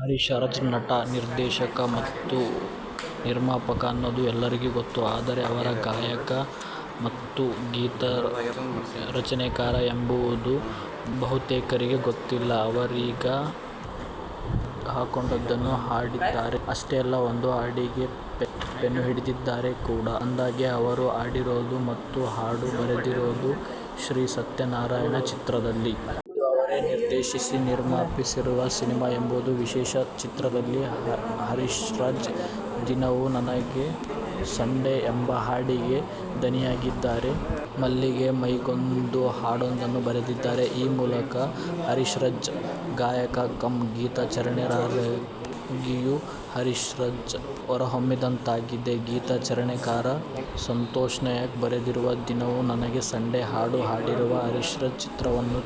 ಹರೀಶ್ರಾಜ್ ನಟ, ನಿರ್ದೇಶಕ ಮತ್ತು ನಿರ್ಮಾಪಕ ಅನ್ನೋದು ಎಲ್ಲರಿಗೂ ಗೊತ್ತು. ಆದರೆ ಅವರು ಗಾಯಕ ಮತ್ತು ಗೀತರಚನೆಕಾರ ಎಂಬುದು ಬಹುತೇಕರಿಗೆ ಗೊತ್ತಿಲ್ಲ. ಅವರೀಗ ಹಾಡೊಂದನ್ನು ಹಾಡಿದ್ದಾರೆ. ಅಷ್ಟೇ ಅಲ್ಲ, ಒಂದು ಹಾಡಿಗೆ ಪೆನ್ನು ಹಿಡಿದಿದ್ದಾರೆ ಕೂಡ. ಅಂದಹಾಗೆ, ಅವರು ಹಾಡಿರೋದು ಮತ್ತು ಹಾಡು ಬರೆದಿರೋದು "ಶ್ರೀ ಸತ್ಯನಾರಾಯಣ' ಚಿತ್ರದಲ್ಲಿ. ಇದು ಅವರೇ ನಿರ್ದೇಶಿಸಿ, ನಿರ್ಮಿಸಿರುವ ಸಿನಿಮಾ ಎಂಬುದು ವಿಶೇಷ. ಚಿತ್ರದಲ್ಲಿ ಹರೀಶ್ರಾಜ್ "ದಿನವು ನನಗೆ ಸಂಡೇ' ಎಂಬ ಹಾಡಿಗೆ ದನಿಯಾಗಿದ್ದಾರೆ. "ಮಲ್ಲಿಗೆ ಮೊಗ್ಗೊಂದು' ಹಾಡೊಂದನ್ನು ಬರೆದಿದ್ದಾರೆ. ಈ ಮೂಲಕ ಹರೀಶ್ರಾಜ್, ಗಾಯಕ ಕಮ್ ಗೀತರಚನೆಕಾರರಾಗಿಯೂ ಹರೀಶ್ರಾಜ್ ಹೊರಹೊಮ್ಮಿದಂತಾಗಿದೆ. ಗೀತರಚನೆಕಾರ ಸಂತೋಷ್ನಾಯಕ್ ಬರೆದಿರುವ "ದಿನವು ನನಗೆ ಸಂಡೇ' ಹಾಡು ಹಾಡಿರುವ ಹರೀಶ್ರಾಜ್, ಚಿತ್ರವನ್ನು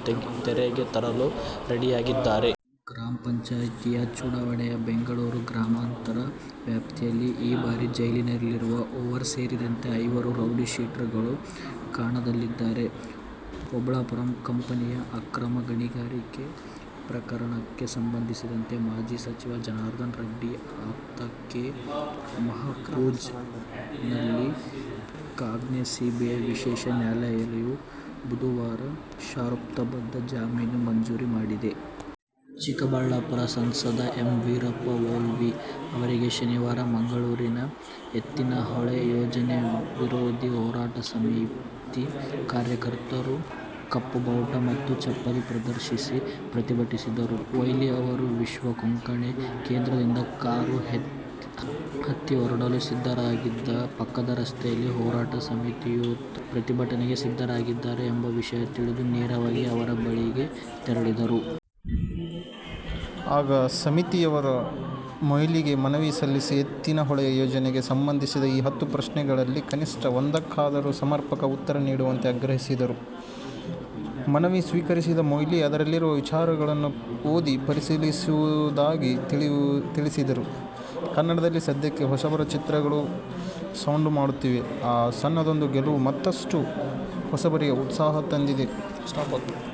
ತೆರೆಗೆ ತರಲು ರೆಡಿಯಾಗಿದ್ದಾರೆ. ಗ್ರಾಮ ಪಂಚಾಯ್ತಿ ಚುನಾವಣೆಯ ಬೆಂಗಳೂರು ಗ್ರಾಮಾಂತರ ವ್ಯಾಪ್ತಿಯಲ್ಲಿ ಈ ಬಾರಿ ಜೈಲಿನಲ್ಲಿರುವ ಓರ್ವ ಸೇರಿದಂತೆ ಐವರು ರೌಡಿ ಶೀಟರ್ಗಳು ಕಣದಲ್ಲಿದ್ದಾರೆ. ಓಬುಳಾಪುರಂ ಕಂಪನಿಯ ಅಕ್ರಮ ಗಣಿಗಾರಿಕೆ ಪ್ರಕರಣಕ್ಕೆ ಸಂಬಂಧಿಸಿದಂತೆ ಮಾಜಿ ಸಚಿವ ಜನಾರ್ದನ ರೆಡ್ಡಿ ಆಪ್ತ ಕೆ. ಮೆಹಫೂಜ್ ಅಲಿ ಖಾನ್ಗೆ ಸಿಬಿಐ ವಿಶೇಷ ನ್ಯಾಯಾಲಯು ಬುಧವಾರ ಷರತ್ತುಬದ್ಧ ಜಾಮೀನು ಮಂಜೂರು ಮಾಡಿದೆ. ಚಿಕ್ಕಬಳ್ಳಾಪುರ ಸಂಸದ ಎಂ. ವೀರಪ್ಪ ಮೊಯ್ಲಿ ಅವರಿಗೆ ಶನಿವಾರ ಮಂಗಳೂರಿನಲ್ಲಿ ಎತ್ತಿನಹೊಳೆ ಯೋಜನೆ ವಿರೋಧಿ ಹೋರಾಟ ಸಮಿತಿ ಕಾರ್ಯಕರ್ತರು ಕಪ್ಪು ಬಾವುಟ ಮತ್ತು ಚಪ್ಪಲಿ ಪ್ರದರ್ಶಿಸಿ ಪ್ರತಿಭಟಿಸಿದರು. ಮೊಯ್ಲಿ ಅವರು ವಿಶ್ವ ಕೊಂಕಣಿ ಕೇಂದ್ರದಿಂದ ಕಾರು ಹತ್ತಿ ಹೊರಡಲು ಸಿದ್ಧರಾದಾಗ ಪಕ್ಕದ ರಸ್ತೆಯಲ್ಲಿ ಹೋರಾಟ ಸಮಿತಿಯವರು ಪ್ರತಿಭಟನೆಗೆ ಸಿದ್ಧರಾಗಿದ್ದಾರೆ ಎಂಬ ವಿಷಯ ತಿಳಿದು ನೇರವಾಗಿ ಅವರ ಬಳಿಗೆ ತೆರಳಿದರು. ಆಗ ಸಮಿತಿಯವರು ಮೊಯ್ಲಿಗೆ ಮನವಿ ಸಲ್ಲಿಸಿ ಎತ್ತಿನಹೊಳೆ ಯೋಜನೆಗೆ ಸಂಬಂಧಿಸಿದ ಈ ಹತ್ತು ಪ್ರಶ್ನೆಗಳಲ್ಲಿ ಕನಿಷ್ಠ ಒಂದಕ್ಕಾದರೂ ಸಮರ್ಪಕ ಉತ್ತರ ನೀಡುವಂತೆ ಆಗ್ರಹಿಸಿದರು. ಮನವಿ ಸ್ವೀಕರಿಸಿದ ಮೊಯ್ಲಿ ಅದರಲ್ಲಿರುವ ವಿಚಾರಗಳನ್ನು ಓದಿ ಪರಿಶೀಲಿಸುವುದಾಗಿ ತಿಳಿಸಿದರು. ಕನ್ನಡದಲ್ಲಿ ಸದ್ಯಕ್ಕೆ ಹೊಸಬರ ಚಿತ್ರಗಳು ಸೌಂಡು ಮಾಡುತ್ತಿವೆ. ಆ ಸಣ್ಣದೊಂದು ಗೆಲುವು ಮತ್ತಷ್ಟು ಹೊಸಬರಿಗೆ ಉತ್ಸಾಹ ತಂದಿದೆ.